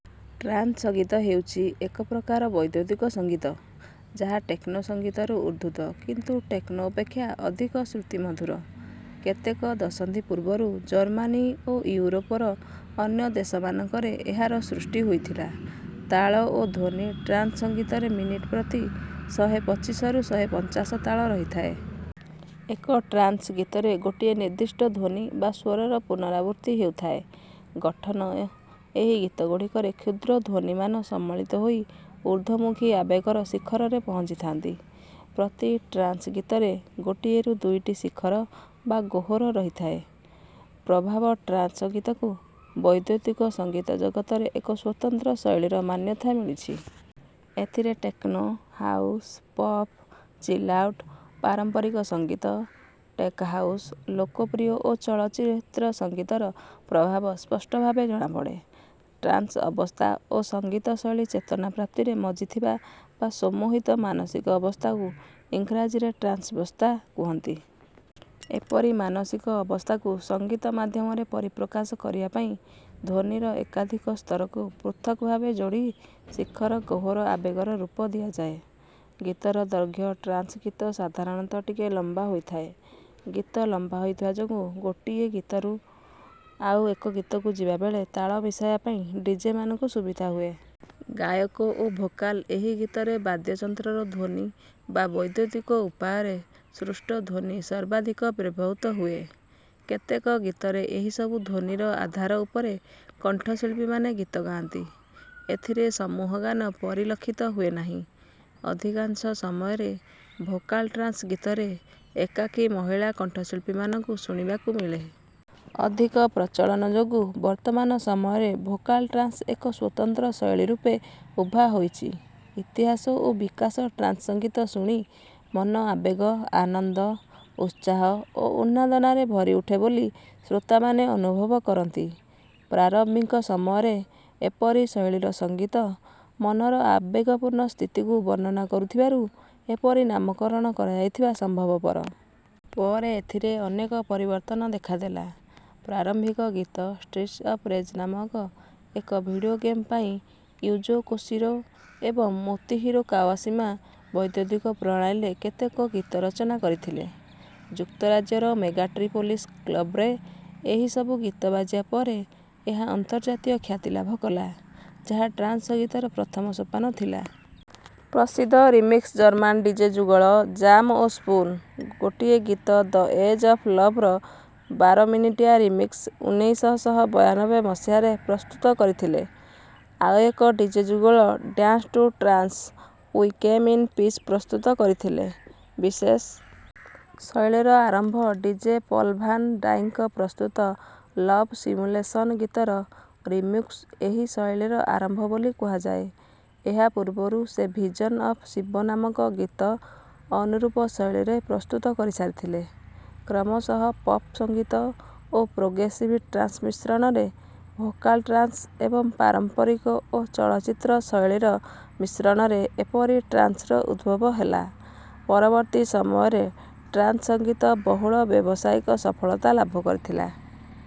Trance ସଙ୍ଗୀତ ହେଉଛି ଏକ ପ୍ରକାରର ବୈଦୁତିକ ସଙ୍ଗୀତ, ଯାହା ଟେକ୍ନୋ ସଙ୍ଗୀତରୁ ଉଦ୍ଧୃତ କିନ୍ତୁ ଟେକ୍ନୋ ଅପେକ୍ଷା ଅଧିକ ଶ୍ରୁତିମଧୁର। କେତେକ ଦଶନ୍ଧି ପୂର୍ବରୁ ଜର୍ମାନୀ ଓ ଇଉରୋପର ଅନ୍ୟ ଦେଶମାନଙ୍କରେ ଏହାର ସୃଷ୍ଟି ହୋଇଥିଲା। ତାଳ ଓ ଧ୍ୱନି ଟ୍ରାନ୍ସ୍ ସଙ୍ଗୀତରେ ମିନିଟ୍ ପ୍ରତି ଶହେ ପଚିଶରୁ ଶହେ ପଞ୍ଚାଶ ତାଳ ରହିଥାଏ। ଏକ ଟ୍ରାନ୍ସ୍ ଗୀତରେ ଗୋଟିଏ ନିର୍ଦ୍ଦିଷ୍ଟ ଧ୍ୱନି ବା ସ୍ୱରର ପୁନରାବୃତ୍ତି ହେଉଥାଏ। ଗଠନ ଏହି ଗୀତଗୁଡ଼ିକରେ କ୍ଷୁଦ୍ର ଧ୍ୱନିମାନ ସମ୍ମିଳିତ ହୋଇ ଉର୍ଦ୍ଧ୍ୱମୁଖୀ ଆବେଗର ଶିଖରରେ ପହଞ୍ଚିଥାନ୍ତି। ପ୍ରତି ଟ୍ରାନ୍ସ୍ ଗୀତରେ ଗୋଟିଏରୁ ଦୁଇଟି ଶିଖର ବା ଗହ୍ୱର ରହିଥାଏ। ପ୍ରଭାବ ଟ୍ରାନ୍ସ୍ ସଙ୍ଗୀତକୁ ବୈଦୁତିକ ସଙ୍ଗୀତ ଜଗତରେ ଏକ ସ୍ୱତନ୍ତ୍ର ଶୈଳୀର ମାନ୍ୟତା ମିଳିଛି। ଏଥିରେ ଟେକ୍ନୋ, ହାଉସ୍, ପପ୍, ଚିଲ୍-ଆଉଟ୍, ପାରମ୍ପରିକ ସଙ୍ଗୀତ, ଟେକ୍ ହାଉସ୍, ଲୋକପ୍ରିୟ ଓ ଚଳଚ୍ଚିତ୍ର ସଙ୍ଗୀତର ପ୍ରଭାବ ସ୍ପଷ୍ଟ ଭାବେ ଜଣାପଡ଼େ। ଟ୍ରାନ୍ସ୍ ଅବସ୍ଥା ଓ ସଙ୍ଗୀତ ଶୈଳୀ ଚେତନା ପ୍ରାପ୍ତିରେ ମଜ୍ଜିଥିବା ବା ସମ୍ମୋହିତ ମାନସିକ ଅବସ୍ଥାକୁ ଇଂରାଜୀରେ ଟ୍ରାନ୍ସ୍ଅ ବସ୍ଥା କୁହନ୍ତି। ଏପରି ମାନସିକ ଅବସ୍ଥାକୁ ସଙ୍ଗୀତ ମାଧ୍ୟମରେ ପରିପ୍ରକାଶ କରିବା ପାଇଁ ଧ୍ୱନିର ଏକାଧିକ ସ୍ତରକୁ ପୃଥକ୍ ଭାବେ ଯୋଡ଼ି ଶିଖର ଗହ୍ୱର ଆବେଗର ରୂପ ଦିଆଯାଏ। ଗୀତର ଦୈର୍ଘ୍ୟ ଟ୍ରାନ୍ସ୍ ଗୀତ ସାଧାରଣତଃ ଟିକେ ଲମ୍ବା ହୋଇଥାଏ। ଗୀତ ଲମ୍ବା ହୋଇଥିବା ଯୋଗୁଁ ଗୋଟିଏ ଗୀତରୁ ଆଉ ଏକ ଗୀତକୁ ଯିବା ବେଳେ ତାଳ ମିଶାଇବା ପାଇଁ ଡିଜେ ମାନଙ୍କୁ ସୁବିଧା ହୁଏ। ଗାୟକ ଓ ଭୋକାଲ୍ ଏହି ଗୀତରେ ବାଦ୍ୟଯନ୍ତ୍ରର ଧ୍ୱନି ବା ବୈଦୁତିକ ଉପାୟରେ ସୃଷ୍ଟ ଧ୍ୱନି ସର୍ବାଧିକ ବ୍ୟବହୃତ ହୁଏ। କେତେକ ଗୀତରେ ଏହି ସବୁ ଧ୍ୱନିର ଆଧାର ଉପରେ କଣ୍ଠଶିଳ୍ପୀମାନେ ଗୀତ ଗାଆନ୍ତି। ଏଥିରେ ସମୂହଗାନ ପରିଲକ୍ଷିତ ହୁଏନାହିଁ। ଅଧିକାଂଶ ସମୟରେ ଭୋକାଲ୍ ଟ୍ରାନ୍ସ୍ ଗୀତରେ ଏକାକୀ ମହିଳା କଣ୍ଠଶିଳ୍ପୀମାନଙ୍କୁ ଶୁଣିବାକୁ ମିଳେ। ଅଧିକ ପ୍ରଚଳନ ଯୋଗୁଁ ବର୍ତ୍ତମାନ ସମୟରେ ଭୋକାଲ୍ ଟ୍ରାନ୍ସ୍ ଏକ ସ୍ୱତନ୍ତ୍ର ଶୈଳୀ ରୂପେ ଉଭା ହୋଇଛି। ଇତିହାସ ଓ ବିକାଶ ଟ୍ରାନ୍ସ୍ ସଙ୍ଗୀତ ଶୁଣି ମନ ଆବେଗ, ଆନନ୍ଦ, ଉତ୍ସାହ ଓ ଉନ୍ମାଦନାରେ ଭରି ଉଠେ ବୋଲି ଶ୍ରୋତାମାନେ ଅନୁଭବ କରନ୍ତି। ପ୍ରାରମ୍ଭିକ ସମୟରେ ଏପରି ଶୈଳୀର ସଙ୍ଗୀତ ମନର ଆବେଗପୂର୍ଣ୍ଣ ସ୍ଥିତିକୁ ବର୍ଣ୍ଣନା କରୁଥିବାରୁ ଏପରି ନାମକରଣ କରାଯାଇଥିବା ସମ୍ଭବପର। ପରେ ଏଥିରେ ଅନେକ ପରିବର୍ତ୍ତନ ଦେଖାଦେଲା। ପ୍ରାରମ୍ଭିକ ଗୀତ ଷ୍ଟ୍ରିଟ୍ସ୍ ଅଫ୍ ରେଜ୍ ନାମକ ଏକ ଭିଡ଼ିଓ ଗେମ୍ ପାଇଁ ୟୁଜୋ କୋଶିରୋ ଏବଂ ମୋତୋହିରୋ କାୱାଶିମା ବୈଦୁତିକ ପ୍ରଣାଳୀରେ କେତେକ ଗୀତ ରଚନା କରିଥିଲେ। ଯୁକ୍ତରାଜ୍ୟର ମେଗାଟ୍ରିପୋଲିସ୍ କ୍ଲବ୍ରେ ଏହି ସବୁ ଗୀତ ବାଜିବା ପରେ ଏହା ଅନ୍ତର୍ଜାତୀୟ ଖ୍ୟାତି ଲାଭ କଲା, ଯାହା ଟ୍ରାନ୍ସ୍ ସଙ୍ଗୀତର ପ୍ରଥମ ସୋପାନ ଥିଲା। ପ୍ରସିଦ୍ଧ ରିମିକ୍ସ ଜର୍ମାନ୍ ଡିଜେ ଯୁଗଳ 'ଜାମ୍ ଓ ସ୍ପୁନ୍' ଗୋଟିଏ ଗୀତ ଦ ଏଜ୍ ଅଫ୍ ଲଭ୍ ର ବାର ମିନିଟିଆ ରିମିକ୍ସ୍ ଉନେଇଶ ଶହ ବୟାନବେ ମସିହାରେ ପ୍ରସ୍ତୁତ କରିଥିଲେ। ଆଉ ଏକ ଡିଜେ ଯୁଗଳ 'dance to trance' we came in peace ପ୍ରସ୍ତୁତ କରିଥିଲେ। ବିଶେଷ ଶୈଳୀର ଆରମ୍ଭ ଡିଜେ ପଲ୍ ଭାନ୍ ଡାଇକ୍‌ଙ୍କ ପ୍ରସ୍ତୁତ ଲଭ୍ ସିମ୍ୟୁଲେସନ୍ ଗୀତର ରିମିକ୍ସ୍ରୁ ଏହି ଶୈଳୀର ଆରମ୍ଭ ବୋଲି କୁହାଯାଏ। ଏହା ପୂର୍ବରୁ ସେ ଭିଜନ୍ ଅଫ୍ ଶିବ ନାମକ ଗୀତ ଅନୁରୂପ ଶୈଳୀରେ ପ୍ରସ୍ତୁତ କରିସାରିଥିଲେ। କ୍ରମଶଃ ପପ୍ ସଙ୍ଗୀତ ଓ ପ୍ରୋଗ୍ରେସିଭ୍ ଟ୍ରାନ୍ସ୍ର ମିଶ୍ରଣରେ ଭୋକାଲ୍ ଟ୍ରାନ୍ସ୍ ଏବଂ ପାରମ୍ପରିକ ଓ ଚଳଚ୍ଚିତ୍ର ଶୈଳୀର ମିଶ୍ରଣରେ ଏପିକ୍ ଟ୍ରାନ୍ସ୍ ର ଉଦ୍ଭବ ହେଲା। ପରବର୍ତ୍ତୀ ସମୟରେ ଟ୍ରାନ୍ସ୍ ସଙ୍ଗୀତ ବହୁଳ ବ୍ୟାବସାୟିକ ସଫଳତା ଲାଭ କରିଥିଲା।